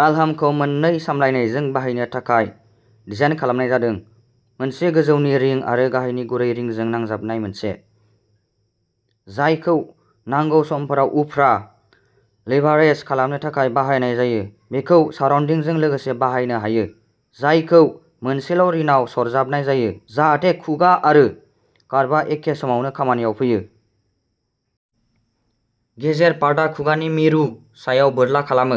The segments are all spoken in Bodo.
पेलहामखौ मोननै सामलायनायजों बाहायनो थाखाय डिजाइन खालामनाय जादों, मोनसे गोजौनि रिं आरो गाहायनि गुरै रिं जों नांजाबनाय मोनसे, जायखौ नांगौ समाव उफ्रा लिभारेज खालामनो थाखाय बाहायनाय जायो। बेखौ राउन्दिंजों लोगोसे बाहायनो हायो, जायखौ मोनसेल'रिनाव सरजाबनाय जायो, जाहाथे खुगा आरो कर्बआ एखे समावनो खामानियाव फैयो। गेजेर पर्टआ खुगानि मिरु सायाव बोरला खालामो,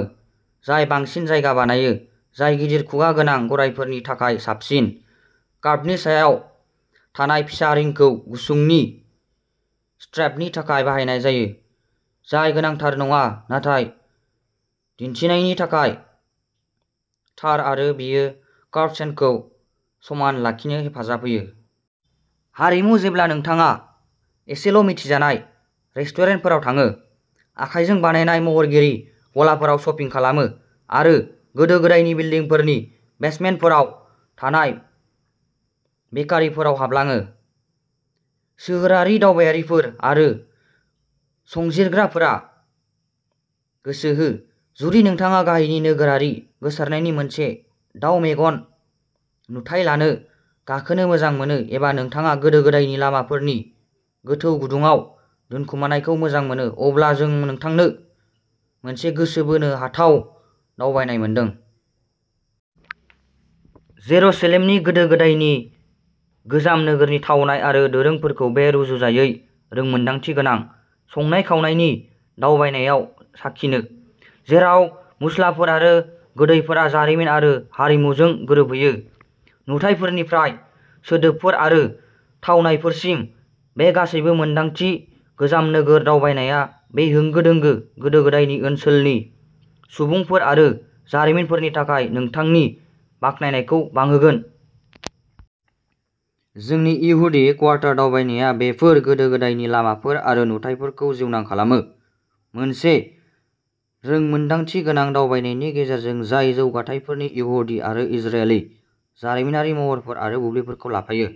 जाय बांसिन जायगा बानायो, जाय गिदिर खुगा गोनां गरायफोरनि थाखाय साबसिन। कर्बनि सायाव थानाय फिसा रिंखौ गुसुंनि स्ट्रेपनि थाखाय बाहायनाय जायो, जाय गोनांथार नङा नाथाय दिन्थिनायनि थाखाय थार आरो बेयो कर्ब चेनखौ समान लाखिनो हेफाजाब होयो। हारिमु जेब्ला नोंथाङा इसेल'मिथिजानाय रेस्टुरेन्टफोराव थाङो, आखाइजों बानायनाय महरगिरि गलाफोराव शपिं खालामो, आरो गोदो-गोदायनि बिल्डिंफोरनि बेसमेन्टफोराव थानाय बेकारिफोराव हाबलाङो। सोहोरारि दावबायारिफोर आरो संजिरग्राफोरा गोसो हो! जुदि नोंथाङा गाहायनि नोगोरारि गोसारनायनि मोनसे दाउ मेगन नुथाय लानो गाखोनो मोजां मोनो एबा नोंथाङा गोदो-गोदायनि लामाफोरनि गोथौ गुदुङाव दोनखोमानायखौ मोजां मोनो, अब्ला जों नोंथांनो मोनसे गोसो बोनो हाथाव दावबायनाय मोनदों! जेरुसालेमनि गोदो-गोदायनि गोजाम नोगोरनि थावनाय आरो दोरोंफोरखौ बे रुजुजायै रोंमोनदांथिगोनां संनाय-खावनायनि दावबायनायाव साखिनो, जेराव मस्लाफोर आरो गोदैफोरा जारिमिन आरो हारिमुजों गोरोबहैयो। नुथायफोरनिफ्राय सोदोबफोर आरो थावनायफोरसिम, बे गासैबो-मोनदांथि गोजाम नोगोर दावबायनायआ बे होंगो-दोंगो, गोदो-गोदायनि ओनसोलनि सुबुंफोर आरो जारिमिनफोरनि थाखाय नोंथांनि बाखनायनायखौ बांहोगोन। जोंनि इहुदि क्वार्टार दावबायनाया बेफोर गोदो-गोदायनि लामाफोर आरो नुथाइफोरखौ जिउगोनां खालामो, मोनसे रोंमोनदांथिगोनां दावबायनायनि गेजेरजों, जाय जौथायफोरनि इहुदि आरो इजरेलि जारिमिनारि महरफोर आरो बुब्लिफोरखौ लाफायो।